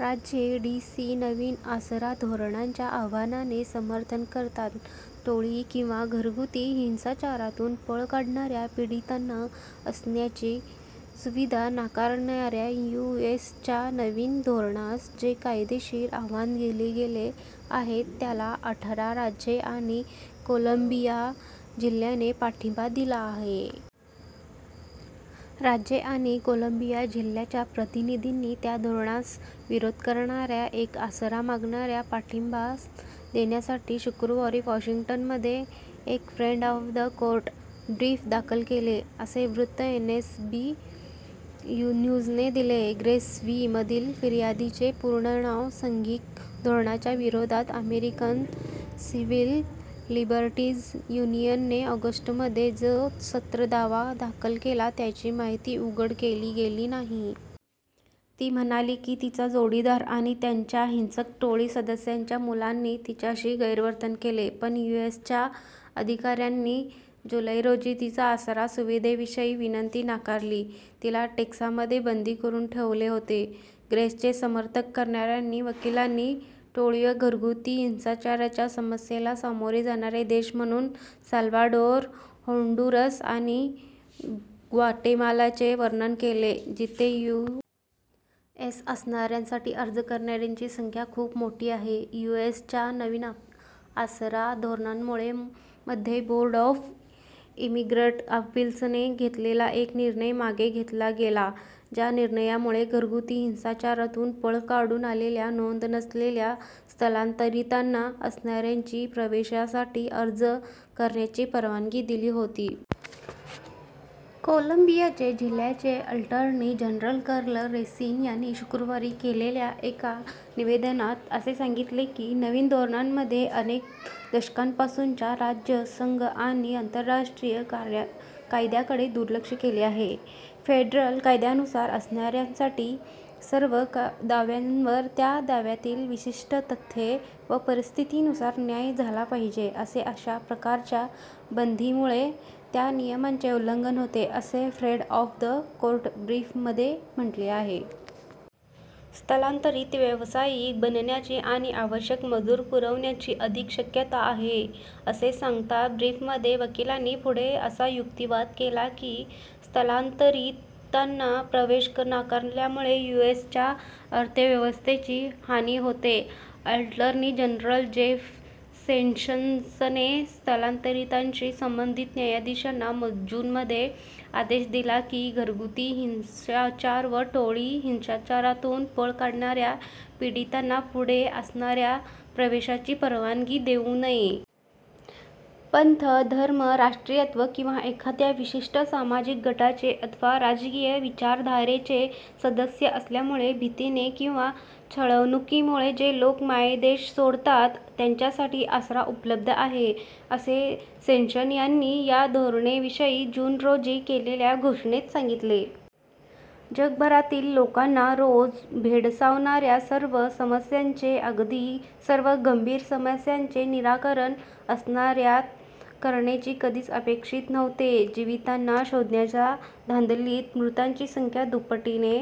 राज्ये, D. C. नवीन आसरा धोरणाच्या आव्हानाचे समर्थन करतात. टोळी किंवा घरगुती हिंसाचारातून पळ काढणाऱ्या पीडितांना आसऱ्याची सुविधा नाकारणाऱ्या यू. एस. च्या नवीन धोरणास जे कायदेशीर आव्हान दिले गेले आहे त्याला अठरा राज्ये आणि कोलंबिया जिल्ह्याने पाठिंबा दिला आहे. राज्ये आणि कोलंबिया जिल्ह्याच्या प्रतिनिधींनी, त्या धोरणास विरोध करणाऱ्या एका आसरा-मागणाऱ्यास पाठिंबा देण्यासाठी शुक्रवारी वॉशिंग्टनमध्ये एक फ्रेंड-ऑफ-द-कोर्ट ब्रीफ दाखल केले, असे वृत्त एनबीसी न्यूजने दिले. Grace v. मधील फिर्यादीचे पूर्ण नाव सांघिक धोरणाच्या विरोधात अमेरिकन सिव्हिल लिबर्टीज यूनियनने ऑगस्टमध्ये जो सत्र दावा दाखल केला त्याची माहिती उघड केली गेलेली नाही. ती म्हणाली की तिचा जोडीदार "आणि त्याच्या हिंसक टोळी सदस्याच्या मुलांंनी" तिच्याशी गैरवर्तन केले पण यू. एस. च्या अधिकाऱ्यांनी जुलै रोजी तिची आसरा सुविधेविषयीची विनंती नाकारली. तिला टेक्सासमध्ये बंदी करून ठेवले होते. ग्रेसचे समर्थन करणाऱ्या वकिलांनी टोळी व घरगुती हिंसाचाराच्या समस्येला सामोरे जाणारे देश म्हणून साल्वाडोर, होंडुरस आणि ग्वाटेमालाचे वर्णन केले, जिथे यू. एस. आसऱ्यासाठी अर्ज करणाऱ्यांची संख्या खूप मोठी आहे. यू. एस. च्या नवीन आसरा धोरणामुळे मध्ये बोर्ड ऑफ इमिग्रंट अपील्सने घेतलेला एक निर्णय मागे घेतला गेला, ज्या निर्णयामुळे घरगुती हिंसाचारातून पळ काढून आलेल्या, नोंद नसलेल्या स्थलांतरीतांना आसऱ्यातील प्रवेशासाठी अर्ज करायची परवानगी दिली होती. कोलंबिया जिल्ह्याचे अॅटर्नी जनरल कार्ल रेसिन यांनी शुक्रवारी केलेल्या एका निवेदनात असे सांगितले की नवीन धोरणामध्ये "अनेक दशकांपासूनच्या राज्य, संघ आणि आंतरराष्ट्रीय कायद्याकडे दुर्लक्ष केले आहे. " "फेडरल कायद्यानुसार आसऱ्यासाठीच्या सर्व दाव्यांवर, त्या दाव्यातील विशिष्ट तथ्ये व परिस्थितींनुसार न्याय झाला पाहिजे आणि अशा प्रकारच्या बंदीमुळे त्या नियमाचे उल्लंघन होते," असे फ्रेंड-ऑफ-द कोर्ट ब्रीफमध्ये म्हटले आहे. स्थलांतरीत व्यावसायिक बनण्याची आणि "आवश्यक मजूर पुरवण्याची" अधिक शक्यता आहे असे सांगत ब्रीफमध्ये वकिलांनी पुढे असा युक्तिवाद केला की स्थलांतरींताना प्रवेश नाकारल्यामुळे यू. एस. च्या अर्थव्यवस्थेची हानी होते अॅटर्नी जनरल जेफ सेशंसने स्थलांतरीतांशी संंबंधित न्यायाधीशांना जूनमध्ये आदेश दिला की घरगुती हिंसाचार व टोळी हिंसाचारातून पळ काढणाऱ्या पीडितांना यापुढे आसऱ्यात प्रवेशाची परवानगी देऊ नये. "पंथ, धर्म, राष्ट्रीयत्व किंवा एखाद्या विशिष्ट सामाजिक गटाचे अथवा राजकीय विचारधारेचे सदस्य असल्यामुळे भीतीने किंवा छळणुकीमुळे जे लोक मायदेश सोडतात त्यांच्यासाठी आसरा उपलब्ध आहे," असे सेशंस यांनी या धोरणाविषयी जून रोजी केलेल्या घोषणेत सांगितले. जगभरातील लोकांना रोज भेडसावणाऱ्या सर्व समस्यांचे -- अगदी सर्व गंभीर समस्यांचे -- निराकरण आसऱ्यात करणे कधीच अपेक्षित नव्हते. जीवितांना शोधण्याच्या धांदलीत मृतांची संख्या दुपटीने